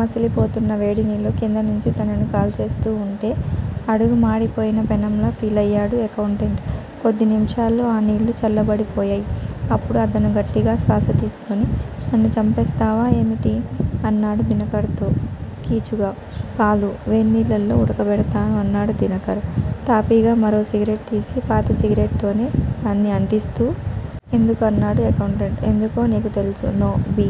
మసిలిపోతున్న వేడినీళ్ళు కిందనుంచి తనని కాల్చేస్తూ వుంటే అడుగు మాడిపోయిన పెనంలా ఫీలయ్యాడు అకౌంటెంట్. కొద్ది నిముషాలలో ఆ నీళ్ళు చల్లబడిపోయాయి. అప్పుడు అతను గట్టిగా శ్వాస తీసుకుని నన్ను చంపేస్తావా ఏమిటి? అన్నాడు దినకర్ తో కీచుగా. కాదు! వేన్నీళ్ళలో ఉడక బెడతాను అన్నాడు దినకర్, తాపీగా మరో సిగరెట్ తీసి, పాత సిగరెట్ తోనే దాన్ని అంటిస్తూ. ఎందుకు? అన్నాడు అకౌంటెంట్. ఎందుకో నీకు తెలుసు! Now! Be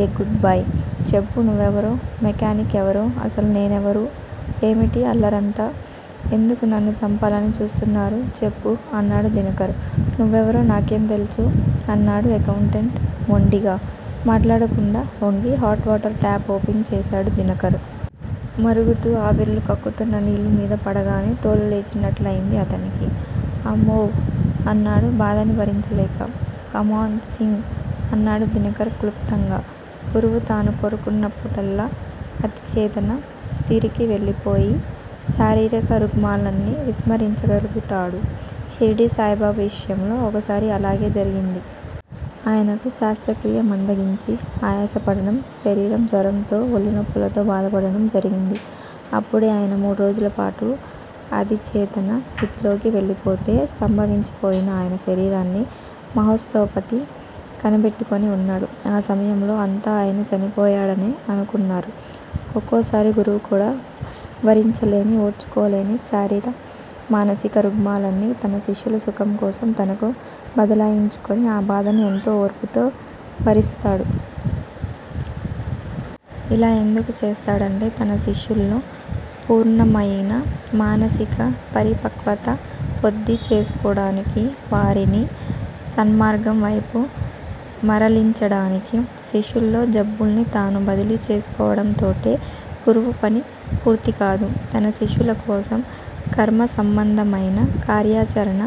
a good boy! చెప్పు నువ్వెవరు? మెకానిక్ ఎవరు? అసలు నేనెవరు? ఏమిటీ అల్లరంతా? ఎందుకు నన్ను చంపాలని చూస్తున్నారు? చెప్పు! అన్నాడు దినకర్. నువ్వెవరో నాకేం తెల్సూ? అన్నాడు అకౌంటెంట్ మొండిగా. మాట్లాడకుండా ఒంగి, హాట్ వాటర్ టాప్ ఓపెన్ చేసాడు దినకర్. మరుగుతూ ఆవిర్లు కక్కుతున్న నీళ్ళు మీద పడగానే తోలు లేచినట్లయింది అతనికి. అమ్మోవ్! అన్నాడు బాధని భరించలేక. కమాన్! సింగ్! అన్నాడు దినకర్ క్లుప్తంగా. గురువు తాను కోరుకున్నప్పుడల్లా అధిచేతన స్థితికి వెళ్ళిపోయి, శారీరక రుగ్మాలన్నీ విస్మరించగలుగుతాడు. షిరిడీ సాయిబాబా విషయంలో, ఒకసారి అలాగే జరిగింది. ఆయనకు శ్వాసక్రియ మందగించి ఆయాసపడటం, శరీరం జ్వరంతో, ఒళ్ళునొప్పులతో బాధపడటం జరిగింది. అప్పుడే ఆయన మూడు రోజులపాటు అధిచేతన స్థితిలోకి వెళ్ళిపోతే, స్తంభించిపోయిన ఆయన శరీరాన్ని మహాశ్సాపతి కనిపెట్టుకొని వున్నాడు. ఆ సమయంలో అంతా ఆయన చనిపోయాడనే అనుకున్నారు. ఒక్కోసారి గురువు కూడా భరించలేని, ఓర్చుకోలేని శారీర మానసిక రుగ్మాలన్నీ తన శిష్యుల సుఖం కోసం తనకు బదలాయించుకొని ఆ బాధను ఎంతో ఓర్పుతో భరిస్తాడు. ఇలా ఎందుకు చేస్తాడంటే తన శిష్యులలో పూర్ణమయిన మానసిక పరిపక్వత ప్రోది చేసుకోటానికి, వారిని సన్మార్గం వైపు మరలించటానికి. శిష్యుల్లో జబ్బుల్ని తాను బదిలీ చేసుకోవటంతోటే గురువు పని పూర్తికాదు. తన శిష్యులకోసం కర్మ సంబంధమయిన కార్యాచరణ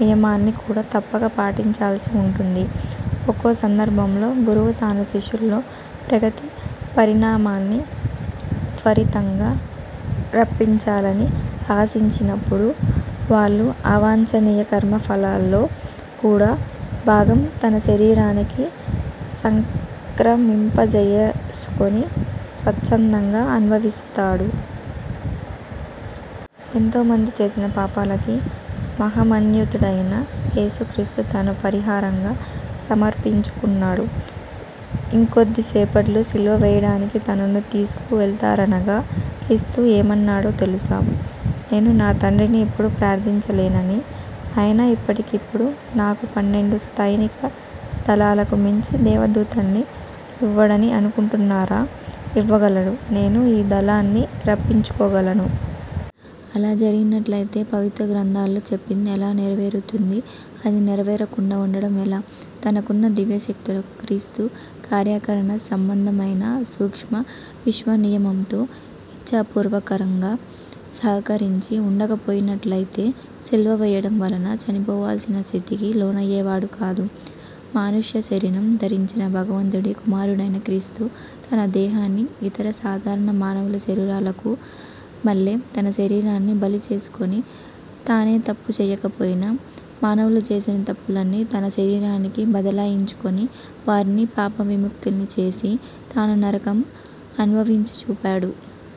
నియమాల్ని కూడా తప్పక పాటించాల్సి వుంటుంది. ఒక్కో సందర్భంలో గురువు తన శిష్యుల్లో ప్రగతి పరిణామాల్ని త్వరితంగా రప్పించాలని ఆశించినప్పుడు, వాళ్ళ అవాంఛనీయ కర్మఫలల్లో చాలా భాగం తన శరీరానికి సంక్రమింపజేసుకొని స్వచ్చందంగా అనుభవిస్తాడు. ఎంతోమంది చేసిన పాపాలకు మహిమాన్వితుడైన ఏసుక్రీస్తు తనను పరిహారంగా సమర్పించుకున్నాడు. ఇంకొద్దిసేపట్లో శిలువ వేయటానికి తనను తీసుకువెళతారనగా క్రీస్తు ఏమన్నాడో తెలుసా? నేను నా తండ్రిని ఇప్పుడు ప్రార్థిచంలేనని ఆయన ఇప్పటికిప్పుడు నాకు పన్నెండు సైనికాదళాలకు మించి దేవదూతల్ని యివ్వడని అనుకుంటున్నారా? ఇవ్వగలడు. నేను ఈ దళాల్ని రప్పించుకోగలను. అలా జరిగినట్లయితే పవిత్ర గ్రంథాల్లో చెప్పింది ఎలా నెరవేరుతుంది అది నెరవేరకుండా వుండటం ఎలా? తనకున్న దివ్యశక్తులకు క్రీస్తు కార్యాకరణ సంబంధమైన సూక్ష్మ విశ్వనియమంతో, ఇచ్ఛాపూర్వకంగా సహకరించి వుండకపోయినట్లయితే, శిలువ వేయటం వలన చనిపోవాల్సిన స్థితికి లోనయ్యేవాడు కాదు. మానుష శరీరం ధరించిన భగవంతుడి కుమారుడైన క్రీస్తు తన దేహాన్ని ఇతర సాధారణ మానవుల శరీరాలకు మల్లే తన శరీరాన్ని బలి చేసుకొని, తనే తప్పూ చేయకపోయినా మానవులు చేసిన తప్పుల్ని తన శరీరానికి బదలాయించుకొని, వారిని పాపవిముక్తుల్ని చేసి తాను నరకం అనుభవించి చూపాడు.